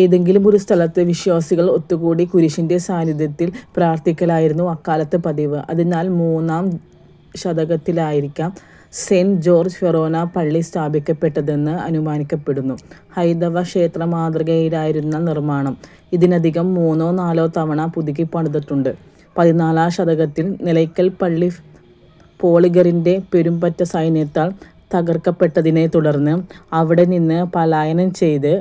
ഏതെങ്കിലും ഒരു സ്ഥലത്ത് വിശ്വാസികൾ ഒത്തുകൂടി കുരിശിൻ്റെ സാന്നിധ്യത്തിൽ പ്രാർഥിക്കലായിരുന്നു അക്കാലത്ത് പതിവ്. അതിനാൽ മൂന്നാം ശതകത്തിലായിരിക്കാം സെന്റ് ജോർജ് ഫെറോനാ പള്ളി സ്ഥാപിക്കപ്പെട്ടതെന്ന് അനുമാനിക്കപ്പെടുന്നു. ഹൈന്ദവ ക്ഷേത്ര മാതൃകയിലായിരുന്നു നിർമ്മാണം. ഇതിനകം മൂന്നോ നാലോ തവണ പുതുക്കിപ്പണിതിട്ടുണ്ട്. പതിനാലാം ശതകത്തിൽ നിലയ്ക്കൽ പള്ളി പോളിഗറിൻ്റെ പെരുംപറ്റ സൈന്യത്താൽ തകർക്കപ്പെട്ടതിനെ തുടർന്ന് അവിടെനിന്ന് പലായനം ചെയ്ത്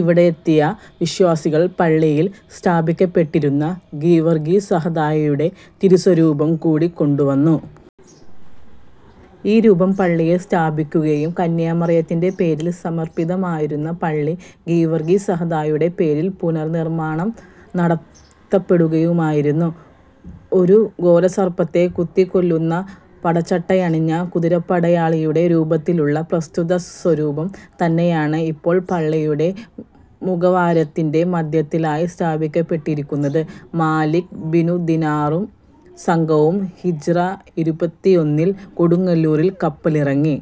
ഇവിടെയെത്തിയ വിശ്വാസികൾ പള്ളിയിൽ സ്ഥാപിക്കപ്പെട്ടിരുന്ന ഗീവർഗീസ് സഹദായുടെ തിരുസ്വരൂപം കൂടി കൊണ്ടുവന്നു. ഈ രൂപം പള്ളിയിൽ സ്ഥാപിക്കുകയും കന്യാമറിയത്തിൻ്റെ പേരിൽ സമർപ്പിതമായിരുന്ന പള്ളി ഗീവർഗീസ് സഹദായുടെ പേരിൽ പുനഃസമർപ്പണം നടത്തപ്പെടുകയുമായിരുന്നു. ഒരു ഘോരസർപ്പത്തെ കുത്തിക്കൊല്ലുന്ന പടച്ചട്ടയണിഞ്ഞ കുതിരപ്പടയാളിയുടെ രൂപത്തിലുള്ള പ്രസ്തുത സ്വരൂപം തന്നെയാണ് ഇപ്പോൾ പള്ളിയുടെ മുഖവാരത്തിൻ്റെ മധ്യത്തിലായി സ്ഥാപിക്കപ്പെട്ടിരിക്കുന്നത്. മാലിക് ബിനു ദിനാറും സംഘവും ഹിജ്റ ഇരുപത്തിയൊന്നിൽ കൊടുങ്ങല്ലൂരിൽ കപ്പലിറങ്ങി.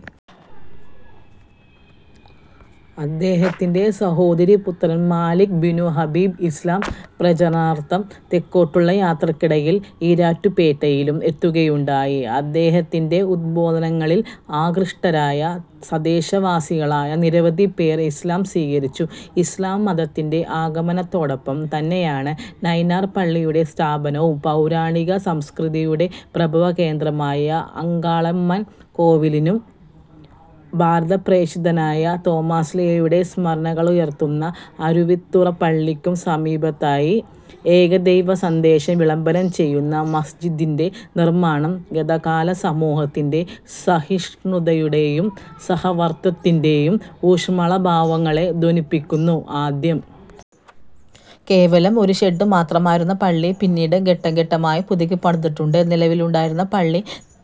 അദ്ദേഹത്തിൻ്റെ സഹോദരീപുത്രൻ മാലിക് ബിനു ഹബീബ് ഇസ്ലാം മതപ്രചാരണാർഥം തെക്കോട്ടുള്ള യാത്രയ്ക്കിടയിൽ ഈരാറ്റുപേട്ടയിലും എത്തുകയുണ്ടായി. അദ്ദേഹത്തിൻ്റെ ഉദ്ബോധനങ്ങളിൽ ആകൃഷ്ടരായ തദ്ദേശവാസികളായ നിരവധി പേർ ഇസ്ലാം സ്വീകരിച്ചു. ഇസ്ലാം മതത്തിൻ്റെ ആഗമനത്തോടൊപ്പം തന്നെയാണ് നൈനാർ പള്ളിയുടെ സ്ഥാപനവും. പൗരാണിക സംസ്കൃതിയുടെ പ്രഭവകേന്ദ്രമായ അങ്കാളമ്മൻ കോവിലിനും ഭാരതപ്രേക്ഷിതനായ തോമാശ്ലീഹായുടെ സ്മരണകളുണർത്തുന്ന അരുവിത്തുറ പള്ളിക്കും സമീപത്തായി ഏകദൈവ സന്ദേശം വിളംബരം ചെയ്യുന്ന മസ്ജിദിൻ്റെ നിർമ്മാണം ഗതകാല സമൂഹത്തിൻ്റെ സഹിഷ്ണുതയുടെയും സഹവർത്തിത്വത്തിൻ്റെ യും ഊഷ്മള ഭാവങ്ങളെ ധ്വനിപ്പിക്കുന്നു. ആദ്യം കേവലം ഒരു ഷെഡ് മാത്രമായിരുന്ന പള്ളി പിന്നീട് ഘട്ടം ഘട്ടങ്ങളായി പുതുക്കിപ്പണിതിട്ടുണ്ട്. നിലവിലുണ്ടായിരുന്ന പള്ളി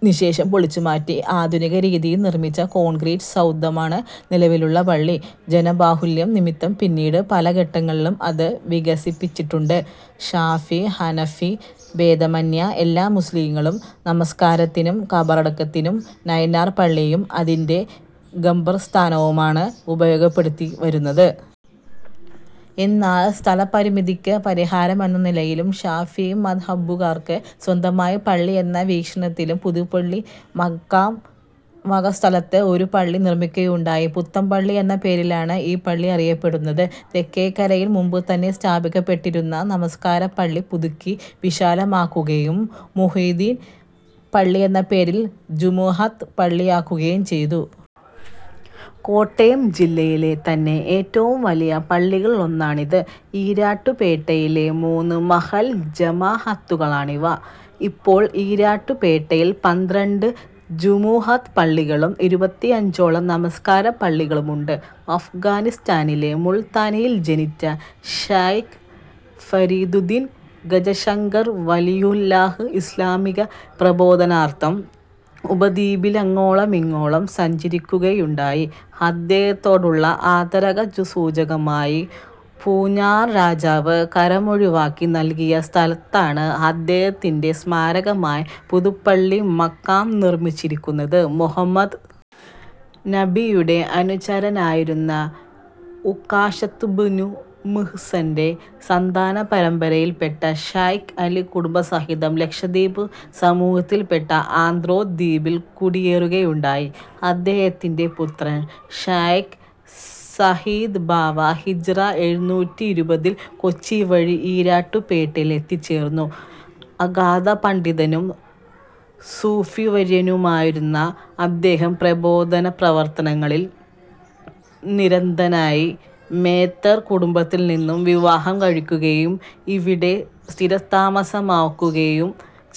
നിശ്ശേഷം പൊളിച്ചുമാറ്റി ആധുനിക രീതിയിൽ നിർമിച്ച കോൺക്രീറ്റ് സൗധമാണ് നിലവിലുള്ള പള്ളി. ജനബാഹുല്യം നിമിത്തം പിന്നീട് പല ഘട്ടങ്ങളിലും അത് വികസിപ്പിച്ചിട്ടുണ്ട്. ശാഫി, ഹനഫി ഭേദമെന്യേ എല്ലാ മുസ്ലിംകളും നമസ്കാരത്തിനും ഖബറടക്കത്തിനും നൈനാർ പള്ളിയും അതിൻ്റെ ഖബർസ്ഥാനുമാണ് ഉപയോഗപ്പെടുത്തിവന്നിരുന്നത്. എന്നാൽ സ്ഥലപരിമിതിക്ക് പരിഹാരം എന്ന നിലയിലും ശാഫി മദ്ഹബുകാർക്ക് സ്വന്തമായ പള്ളി എന്ന വീക്ഷണത്തിലും പുതുപ്പള്ളി മഖാം വക സ്ഥലത്ത് ഒരു പള്ളി നിർമ്മിക്കുകയുണ്ടായി. പുത്തൻപള്ളി എന്ന പേരിലാണ് ഈ പള്ളി അറിയപ്പെടുന്നത്. തെക്കേക്കരയിൽ മുമ്പുതന്നെ സ്ഥാപിക്കപ്പെട്ടിരുന്ന നമസ്കാരപ്പള്ളി പുതുക്കി വിശാലമാക്കുകയും മുഹ്യിദ്ദീൻ പള്ളി എന്ന പേരിൽ ജുമുഅത്ത് പള്ളിയാക്കുകയും ചെയ്തു. കോട്ടയം ജില്ലയിലെ തന്നെ ഏറ്റവും വലിയ പള്ളികളിലൊന്നാണിത്. ഈരാറ്റുപേട്ടയിലെ മൂന്ന് മഹല്ല് ജമാഅത്തുകളാണിവ. ഇപ്പോൾ ഈരാറ്റുപേട്ടയിൽ പന്ത്രണ്ട് ജുമുഅത്ത് പള്ളികളും ഇരുപത്തഞ്ചോളം നമസ്കാരപ്പള്ളികളുമുണ്ട്. അഫ്ഗാനിസ്ഥാനിലെ മുൾത്താനിൽ ജനിച്ച ശൈഖ് ഫരീദുദ്ദീൻ ഗഞ്ചശക്കർ വലിയുല്ലാഹ് ഇസ്ലാമിക പ്രബോധനാർഥം ഉപദ്വീപിലങ്ങോളമിങ്ങോളം സഞ്ചരിക്കുകയുണ്ടായി. അദ്ദേഹത്തോടുള്ള ആദരസൂചകമായി പൂഞ്ഞാർ രാജാവ് കരമൊഴിവാക്കി നൽകിയ സ്ഥലത്താണ് അദ്ദേഹത്തിൻ്റെ സ്മാരകമായി പുതുപ്പള്ളി മഖാം നിർമിച്ചിരിക്കുന്നത്. മുഹമ്മദ് നബിയുടെ അനുചരനായിരുന്ന ഉക്കാശത്തുബ്നുമിഹ്സൻ്റെ സന്താനപരമ്പരയിൽപ്പെട്ട ശൈഖ് അലി കുടുംബസഹിതം ലക്ഷദ്വീപ് സമൂഹത്തിൽപ്പെട്ട ആന്ത്രോത്ത് ദ്വീപിൽ കുടിയേറുകയുണ്ടായി. അദ്ദേഹത്തിൻ്റെ പുത്രൻ ശൈഖ് സഈദ് ബാവ ഹിജ്റ എഴുന്നൂറ്റിയിരുപതിൽ കൊച്ചി വഴി ഈരാറ്റുപേട്ടയിൽ എത്തിച്ചേർന്നു. അഗാധപണ്ഡിതനും സൂഫിവര്യനുമായിരുന്ന അദ്ദേഹം പ്രബോധന പ്രവർത്തനങ്ങളിൽ നിരതനായി. മേത്തർ കുടുംബത്തിൽനിന്നും വിവാഹം കഴിക്കുകയും ഇവിടെ സ്ഥിരതാമസമാക്കുകയും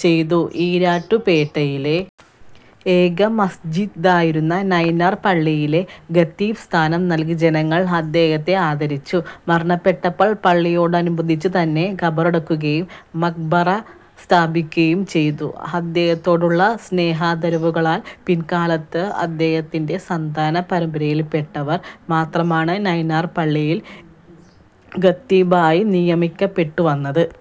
ചെയ്തു. ഈരാറ്റുപേട്ടയിലെ ഏക മസ്ജിദായിരുന്ന നൈനാർ പള്ളിയിലെ ഖത്തീബ് സ്ഥാനം നൽകി ജനങ്ങൾ അദ്ദേഹത്തെ ആദരിച്ചു. മരണപ്പെട്ടപ്പോൾ പള്ളിയോടനുബന്ധിച്ചുതന്നെ ഖബറടക്കുകയും മഖ്ബറ സ്ഥാപിക്കുകയും ചെയ്തു. അദ്ദേഹത്തോടുള്ള സ്നേഹാദരവുകളാൽ പിൽക്കാലത്ത് അദ്ദേഹത്തിൻ്റെ സന്താനപരമ്പരയിൽപ്പെട്ടവർ മാത്രമാണ് നൈനാർ പള്ളിയിൽ ഖത്തീബായി നിയമിക്കപ്പെട്ടുവന്നത്.